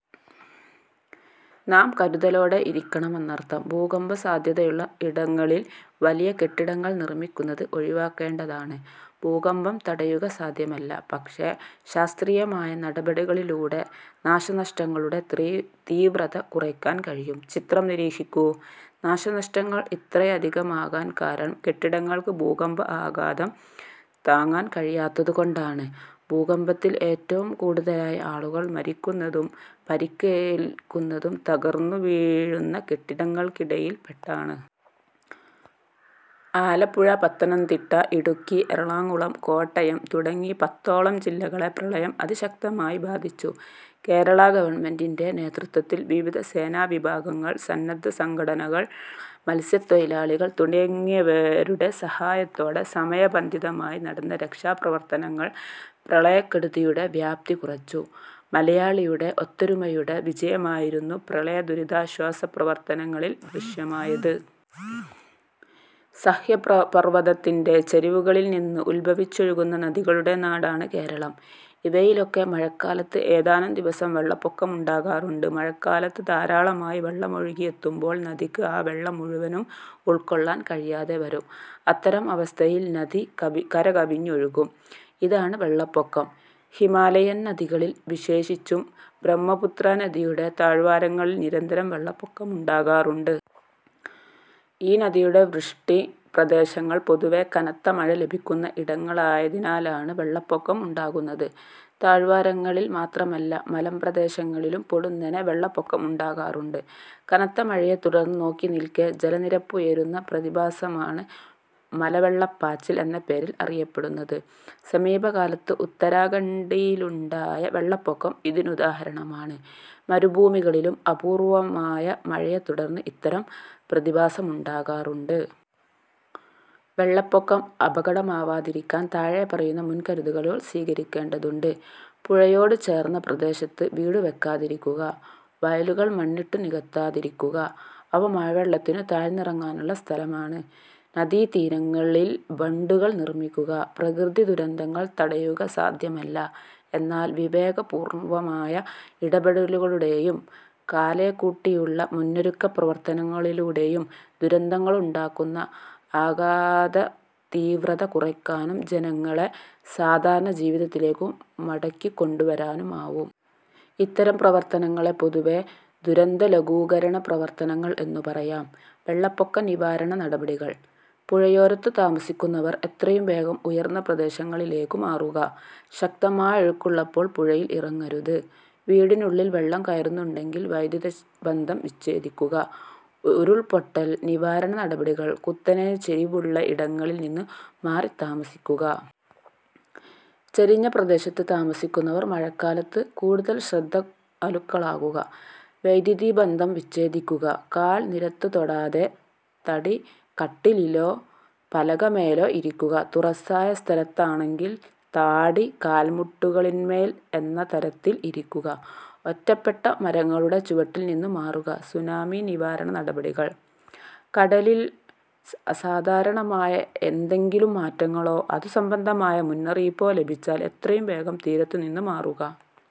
നാം കരുതലോടെ ഇരിക്കണമെന്നർഥം. ഭൂകമ്പസാധ്യതയുള്ള ഇടങ്ങളിൽ വലിയ കെട്ടിടങ്ങൾ നിർമിക്കുന്നത് ഒഴിവാക്കേണ്ടതാണ്. ഭൂകമ്പം തടയുക സാധ്യമല്ല. പക്ഷേ, ശാസ്ത്രീയമായ നടപടികളിലൂടെ നാശനഷ്ടങ്ങളുടെ തീവ്രത കുറയ്ക്കാൻ കഴിയും. ചിത്രം നിരീക്ഷിക്കൂ. നാശനഷ്ടങ്ങൾ ഇത്രയധികമാകാൻ കാരണം കെട്ടിടങ്ങൾക്ക് ഭൂകമ്പ ആഘാതം താങ്ങാൻ കഴിയാഞ്ഞതുകൊണ്ടാണ്. ഭൂകമ്പത്തിൽ ഏറ്റവും കൂടുതലായി ആളുകൾ മരിക്കുന്നതും പരിക്കേൽക്കുന്നതും തകർന്നു വീഴുന്ന കെട്ടിടങ്ങൾക്കിടയിൽ പെട്ടാണ്. ആലപ്പുഴ, പത്തനംതിട്ട, ഇടുക്കി, എറണാകുളം, കോട്ടയം തുടങ്ങി പത്തോളം ജില്ലകളെ പ്രളയം അതിശക്തമായി ബാധിച്ചു. കേരളാ ഗവൺമെന്റിന്റെ നേതൃത്വത്തിൽ വിവിധ സേനാ വിഭാഗങ്ങൾ, സന്നദ്ധ സംഘടനകൾ, മത്സ്യത്തൊഴിലാളികൾ തുടങ്ങിയവരുടെ സഹായത്തോടെ സമയ ബന്ധിതമായി നടന്ന രക്ഷാ പ്രവർത്തനങ്ങൾ പ്രളയക്കെടുതിയുടെ വ്യാപ്തി കുറച്ചു. മലയാളിയുടെ ഒത്തൊരുമയുടെ വിജയമായിരുന്നു പ്രളയ ദുരിതാശ്വാസ പ്രവർത്തനങ്ങളിൽ ദൃശ്യമായത്. സഹ്യപർവതത്തിന്റെ ചരിവുകളിൽനിന്ന് ഉദ്ഭവിച്ചൊഴുകുന്ന നദികളുടെ നാടാണ് കേരളം. ഇവയിലൊക്കെ മഴക്കാലത്ത് ഏതാനും ദിവസം വെള്ളപ്പൊക്കമുണ്ടാകാറുണ്ട്. മഴക്കാലത്ത് ധാരാളമായി വെള്ളമൊഴുകിയെത്തുമ്പോൾ നദിക്ക് ആ വെള്ളം മുഴുവനും ഉൾക്കൊള്ളാൻ കഴിയാതെവരും. അത്തരം അവസ്ഥയിൽ നദി കരകവിഞ്ഞൊഴുകും. ഇതാണ് വെള്ളപ്പൊക്കം. ഹിമാലയൻ നദികളിൽ, വിശേഷിച്ചും ബ്രഹ്മപുത്രാ നദിയുടെ താഴ്വാവാരങ്ങളിൽ നിരന്തരം വെള്ളപ്പൊക്കമുണ്ടാകാറുണ്ട്. ഈ നദിയുടെ വൃഷ്ടി പ്രദേശങ്ങൾ പൊതുവെ കനത്ത മഴ ലഭിക്കുന്ന ഇടങ്ങളായതിനാലാണ് വെള്ളപ്പൊക്കം ഉണ്ടാകുന്നത്. താഴ്വാവാരങ്ങളിൽ മാത്രമല്ല, മലമ്പ്രദേശങ്ങളിലും പൊടുന്നനെ വെള്ളപ്പൊക്കമുണ്ടാകാറുണ്ട്. കനത്ത മഴയെത്തുടർന്ന് നോക്കിനിൽക്കെ ജലനിരപ്പുയരുന്ന പ്രതിഭാസമാണ് മലവെള്ളപ്പാച്ചിൽ എന്ന പേരിൽ അറിയപ്പെടുന്നത്. സമീപകാലത്ത് ഉത്തരാഖണ്ഡിലുണ്ടായ വെള്ളപ്പൊക്കം ഇതിനുദാഹരണമാണ്. മരുഭൂമികളിലും അപൂർവമായ മഴയെത്തുടർന്ന് ഇത്തരം പ്രതിഭാസമുണ്ടാകാറുണ്ട്. വെള്ളപ്പൊക്കം അപകടമാവാതിരിക്കാൻ താഴെ പറയുന്ന മുൻകരുതലുകൾ സ്വീകരിക്കേണ്ടതുണ്ട്. പുഴയോടുചേർന്ന പ്രദേശത്ത് വീടുവയ്ക്കാതിരിക്കുക. വയലുകൾ മണ്ണിട്ടു നികത്താതിരിക്കുക, അവ മഴവെള്ളത്തിനു താഴ്ന്നിറങ്ങാനുള്ള സ്ഥലമാണ്. നദീതീരങ്ങളിൽ ബണ്ടുകൾ നിർമിക്കുക. പ്രകൃതിദുരന്തങ്ങൾ തടയുക സാധ്യമല്ല. എന്നാൽ വിവേകപൂർവമായ ഇടപെടലുകളിലൂടെയും കാലേക്കൂട്ടിയുള്ള മുന്നൊരുക്ക പ്രവർത്തനങ്ങളിലൂടെയും ദുരന്തങ്ങളുണ്ടാക്കുന്ന ആഘാതതീവ്രത കുറയ്ക്കാനും ജനങ്ങളെ സാധാരണജീവിതത്തിലേക്കു മടക്കിക്കൊണ്ടുവരാനുമാവും. ഇത്തരം പ്രവർത്തനങ്ങളെ പൊതുവേ ദുരന്തലഘൂകരണ പ്രവർത്തനങ്ങൾ എന്നു പറയാം. വെള്ളപ്പൊക്ക നിവാരണ നടപടികൾ: പുഴയോരത്തു താമസിക്കുന്നവർ എത്രയും വേഗം ഉയർന്ന പ്രദേശങ്ങളിലേക്കു മാറുക. ശക്തമായ ഒഴുക്കുള്ളപ്പോൾ പുഴയിൽ ഇറങ്ങരുത്. വീടിനുള്ളിൽ വെള്ളം കയറുന്നുണ്ടെങ്കിൽ വൈദ്യുതിബന്ധം വിച്ഛേദിക്കുക. ഉരുൾപൊട്ടൽ നിവാരണ നടപടികൾ കുത്തനെ ചരിവുള്ള ഇടങ്ങളിൽനിന്നു മാറിത്താമസിക്കുക. ചരിഞ്ഞ പ്രദേത്ത് താമസിക്കുന്നവർ മഴക്കാലത്ത് കൂടുതൽ ശ്രദ്ധാലുക്കളാകുക. വൈദ്യുതിബന്ധം വിച്ഛേദിക്കുക. കാൽ നിലത്തു തൊടാതെ തടിക്കട്ടിലിലോ പലക മേലോ ഇരിക്കുക. തുറസ്സായ സ്ഥലത്താണെങ്കിൽ താടി കാൽമുട്ടുകളിന്മേൽ എന്ന തരത്തിൽ ഇരിക്കുക. ഒറ്റപ്പെട്ട മരങ്ങളുടെ ചുവട്ടിൽ നിന്നു മാറുക. സുനാമി നിവാരണ നടപടികൾ: കടലിൽ അസാധാരണമായ എന്തെങ്കിലും മാറ്റങ്ങളോ അതുസംബന്ധമായ മുന്നറിയിപ്പോ ലഭിച്ചാൽ എത്രയും വേഗം തീരത്തുനിന്നു മാറുക.